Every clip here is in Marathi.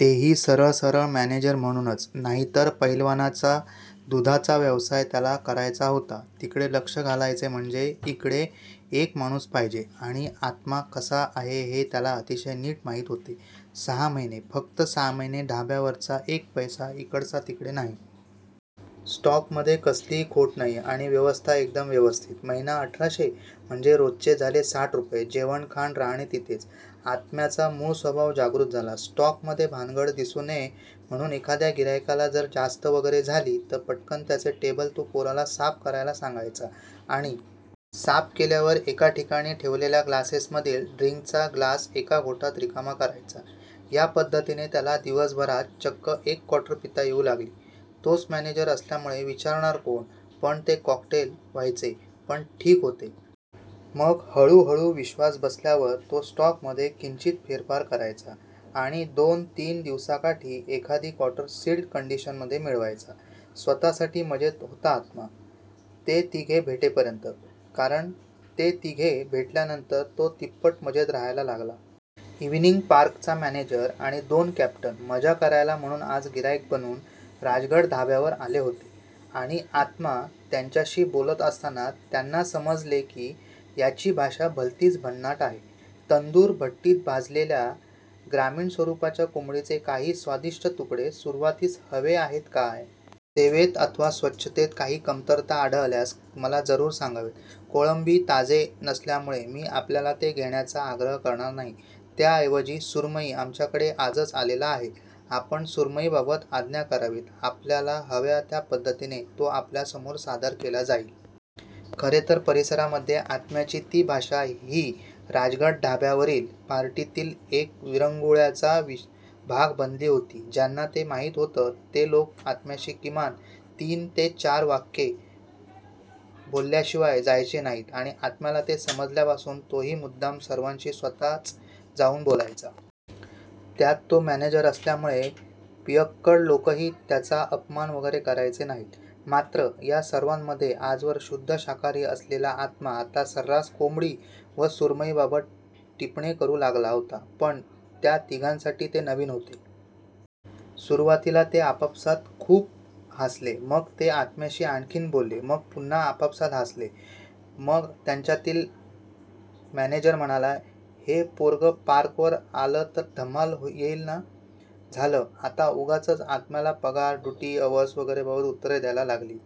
तेही, सरळ सरळ मॅनेजर म्हणूनच.. नाहीतरी पहिलवानाचा दुधाचा व्यवसाय त्याला करायचाच होता. तिकडे लक्ष घालायचे म्हणजे इकडे एक माणूस पाहिजे, आणि आत्मा कसा आहे. हे त्याला अतिशय नीट माहीत होते. सहा महिने फक्त सहा महिने ढाब्यावरचा एक पैसा इकडचा तिकडे नाही. स्टॉकमध्ये कसलीही खोट नाही. आणि व्यवस्था एकदम व्यवस्थित महिना अठराशे! म्हणजे रोजचे झाले साठ रुपये जेवणखाण राहणे तिथेच, आत्म्याचा मूळ स्वभाव जागृत झाला. स्टॉकमध्ये भानगड दिसू नये म्हणून, एखाद्या गिर्हाईकाला जर जास्त वगैरे झाली तर पटकन त्याचे टेबल तो पोराला साफ करायला सांगायचा. आणि साफ केल्यावर एका ठिकाणी ठेवलेल्या ग्लासेसमधील ड्रिंकचा ग्लास एका घोटात रिकामा करायचा. या पद्धतीने त्याला दिवसभरात चक्क एक क्वार्टर पिता येऊ लागली.. तोच मॅनेजर असल्यामुळे विचारणार कोण? पण ते कॉकटेल व्हायचे पण ठीक होते. मग हळूहळू विश्वास बसल्यावर तो स्टॉकमध्ये किंचित फेरफार करायचा आणि दोन तीन दिवसाकाठी एखादी क्वार्टर सील्ड कंडिशनमध्ये मिळवायचा स्वतःसाठी मजेत होता आत्मा! ते तिघे भेटेपर्यंत! कारण, ते तिघे भेटल्यानंतर तो तिप्पट मजेत राहायला लागला. इव्हिनिंग पार्कचा मॅनेजर आणि दोन कॅप्टन मजा करायला म्हणून आज गिर्हाईक बनून राजगड ढाब्यावर आले होते. आणि आत्मा त्यांच्याशी बोलत असताना त्यांना समजले की याची भाषा भलतीच भन्नाट आहे. 'तंदुर भट्टीत भाजलेल्या ग्रामीण स्वरुपाच्या कोंबडीचे काही स्वादिष्ट तुकडे सुरुवातीस हवे आहेत काय? ' 'सेवेत अथवा स्वच्छतेत काही कमतरता आढळल्यास मला जरूर सांगावेत' 'कोळंबी ताजे नसल्यामुळे मी आपल्याला ते घेण्याचा आग्रह करणार नाही. त्या ऐवजी.. सुरमई आमच्याकडे आजच आलेला आहे. आपण सुरमईबाबत आज्ञा करावीत. आपल्याला हव्या त्या पद्धतीने तो आपल्यासमोर सादर केला जाईल. " खरे तर परिसरामध्ये आत्म्याची ती भाषा ही राजगड ढाब्यावरील पार्टीतील एक विरंगुळ्याचा भाग बनलेली होती. ज्यांना ते माहीत होतं ते लोक आत्म्याशी किमान तीन ते चार वाक्ये बोलल्याशिवाय जायचेच नाहीत. आणि आत्म्याला ते समजल्यापासून तोही मुद्दाम सर्वांशी स्वतःच जाऊन बोलायचा. त्यात तो मॅनेजर असल्यामुळे पियक्कड लोकही त्याचा अपमान वगैरे करायचे नाहीत. मात्र, या सर्वामध्ये, आजवर शुद्ध शाकाहारी असलेला आत्मा आता सर्रास कोंबडी व सुरमईबाबत टिपणे करू लागला होता. पण त्या तिघांसाठी ते नवीन होते. सुरुवातीला ते आपापसात खूप हासले. मग ते आत्म्याशी आणखीन बोलले. मग पुन्हा आपापसात हासले. मग त्यांच्यातील मॅनेजर म्हणाला, 'हे पोरगं पार्कवर आलं तर धमाल येईल ना?? ' झालं! आता उगाचच आत्म्याला पगार, ड्युटी अवर्स वगैरेबाबत उत्तरे द्यायला लागली.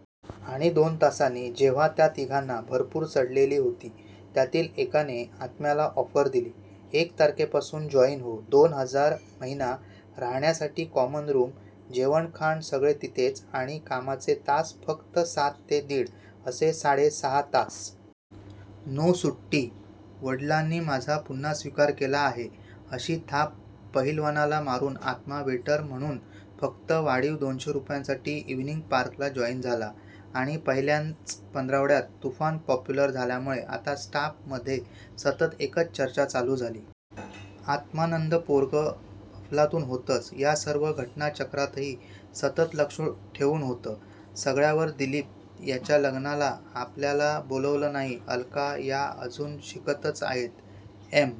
आणि.. दोन तासांनी.. जेव्हा त्या तिघांना भरपूर चढलेली होती.. त्यातील एकाने आत्म्याला ऑफर दिली.. एक तारखेपासून जॉईन हो.. दोन हजार महिना, राहण्यासाठी कॉमन रूम, जेवणखाण सगळे तिथेच, आणि कामाचे तास फक्त सात ते दिड असे साडे सहा तास! नो सुट्टी! 'वडिलांनी माझा पुन्हा स्वीकार केला आहे' अशी थाप पहिलवानाला मारून आत्मा वेटर म्हणून फक्त वाढीव दोनशे रुपयांसाठी इव्हिनिंग पार्कला जॉईन झाला आणि पहिल्याच पंधरवड्यात तुफान पॉप्युलर झाल्यामुळे आता स्टाफमधे सतत एकच चर्चा चालू झाली. आत्मानंद पोरगं अफलातून होतंच! या सर्व घटनाचक्रातही सतत लक्ष ठेवून होतं सगळ्यांवर दिलीप यांच्या लग्नाला आपल्याला बोलावले नाही. अलका या अजून शिकतच आहेत. एम.--